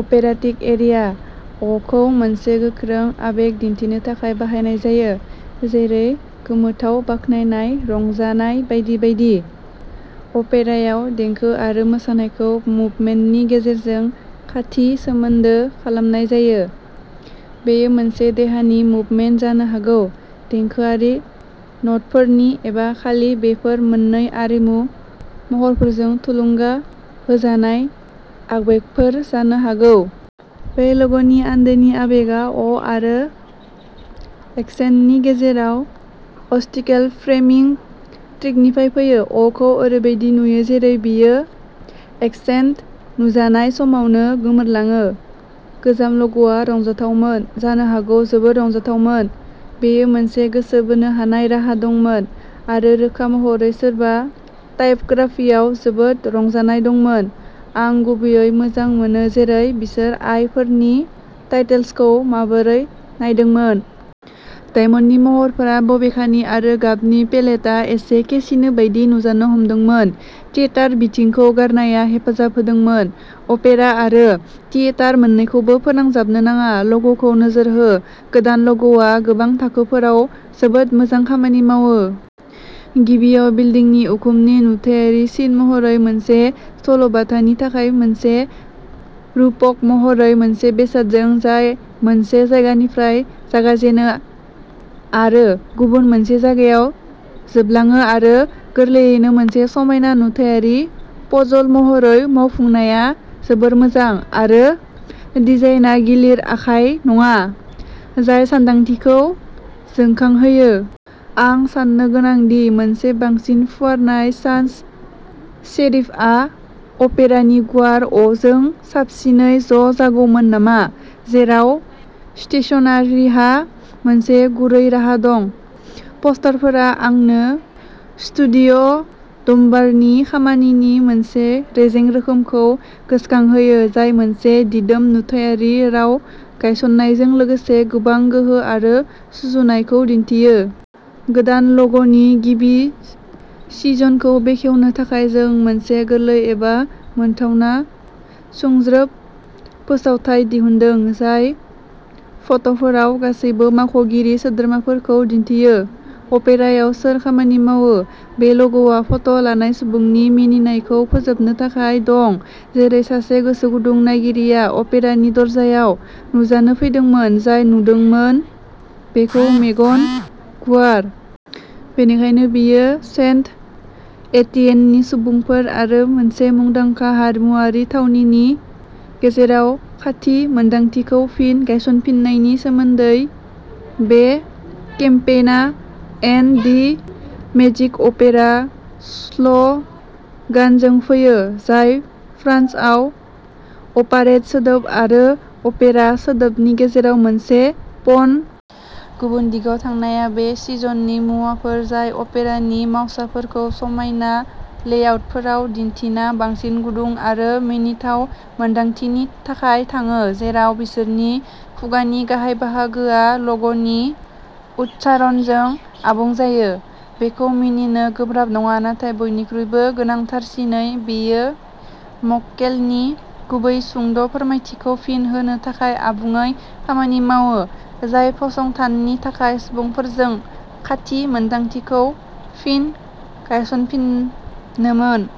अपेराटिक aria. "अ" खौ मोनसे गोख्रों आबेग दिन्थिनो थाखाय बाहायनाय जायो जेरै गोमोथाव, बाख्नायनाय, रंजानाय बायदि बायदि। अपेरायाव, देंखो आरो मोसानायखौ "मुभमेन्ट" नि गेजेरजों खाथि सोमोन्दो खालामनाय जायो। बेयो मोनसे देहानि मुभमेन्ट जानो हागौ, देंखोआरि न'टफोरनि एबा खालि बेफोर मोननै आरिमु महरफोरजों थुलुंगा होजानाय आबेगफोर जानो हागौ।। बे ल'गनि आन्दोनि आबेगआ "अ" आरो "एक्सेन्ट" नि गेजेराव अस्टिकेल फ्रेमिंग ट्रिकनिफ्राय फैयो। "अ" खौ ओरैबादि नुयो जेरै बेयो एक्सेन्ट नुजानाय समावनो गोमोरलाङो। गोजाम ल'ग'आ रंजाथावमोन, जानो हागौ जोबोद रंजाथावमोन। बेयो मोनसे गोसो बोनो हानाय राहा दंमोन आरो रोखा महरै सोरबा टाइपग्राफियाव जोबोद रंजानाय दंमोन, आं गुबैयै मोजां मोनो जेरै बिसोर "आइ" फोरनि टाइटेल्सखौ माबोरै नायदोंमोन। डायमन्डनि महरफोरा, बबेखानि आरो गाबनि पेलेटआ एसे केसिनो बायदि नुजानो हमदोंमोन। थियेटार बिथिंखौ गारनाया हेफाजाब होदोंमोन। अपेरा आरो थियेटार मोन्नैखौबो फोनांजाबनो नाङा, ल'ग'खौ नोजोर हो। गोदान ल'ग'आ गोबां थाखोफोराव जोबोद मोजां खामानि मावो। गिबियाव, बिल्दिंनि उखुमनि नुथायारि सिन महरै मोनसे सल'बाथानि थाखाय मोनसे रुपक महरै, मोनसे बेसादजों जाय मोनसे जायगानिफ्राय जागायजेनो आरो गुबुन मोनसे जायगायाव जोबलाङो आरो गोरलैयैनो मोनसे समायना नुथायारि पजल महरै मावफुंनाया जोबोद मोजां आरो डिजाइनआ गिलिर आखाय नङा, जाय सानदांथिखौ जोंखांहोयो। आं साननो गोनां दि मोनसे बांसिन फुवारनाय सान्स सेरिफआ अपेरानि गुवार "अ" जों साबसिनै ज' जागौमोन नामा? जेराव स्टेशनारिहा मोनसे गुरै राहा दं, पस्टारफोरा आंनो स्टुडिय'डम्बारनि खामानिनि मोनसे रेजें रोखोमखौ गोसोखांहोयो, जाय मोनसे दिदोम नुथायारि राव गायसन्नायजों लोगोसे गोबां गोहो आरो सुजुनायखौ दिन्थियो। गोदान ल'ग'नि गिबि सिजनखौ बेखेवनो थाखाय जों मोनसे गोरलै आरो मोनथावना सुंज्रोब फोसावथाय दिहुनदों, जाय फट'फोराव गासैबो मावख'गिरि सोद्रोमाफोरखौ दिन्थियो। अपेरायाव सोर खामानि मावो। बे ल'ग'आ फट' लानाय सुबुंनि मिनिनायखौ फोजोबनो थाखाय दं, जेरै सासे गोसोगुदुं नायगिरिया अपेरानि दरजायाव नुजानो फैदोंमोन, जाय नुदोंमोन बेखौ मेगन गुवार। बेनिखायनो बेयो सेन्ट-एटिएननि सुबुंफोर आरो मोनसे मुंदांखा हारिमुआरि थावनिनि गेजेराव खाथि मोन्दांथिखौ फिन गायसनफिन्नायनि सोमोन्दै। बे केम्पेइना "एन्ड दि मेजिक अपेरा" स्ल'गानजों फैयो, जाय फ्रान्सआव "अपारेट" सोदोब आरो "अपेरा" सोदोबनि गेजेराव मोनसे पन। गुबुन दिगाव थांनाया बे सिजननि मुवाफोर जाय अपेरानि मावसाफोरखौ समायना लेआउटफोराव दिन्थिना बांसिन गुदुं आरो मिनिथाव मोन्दांथिनि थाखाय थाङो, जेराव बिसोरनि खुगानि गाहाय बाहागोआ ल'ग'नि उच्चारणजों आबुं जायो। बेखौ मिनिनो गोब्राब नङा, नाथाय बयनिख्रुइबो गोनांथारसिनै बेयो मक्केलनि गुबै सुंद' फोरमायथिखौ फिन होनो थाखाय आबुङै खामानि मावो, जाय फसंथाननि थाखाय सुबुंफोरजों खाथि मोन्दांथिखौ फिन गायसनफिननोमोन।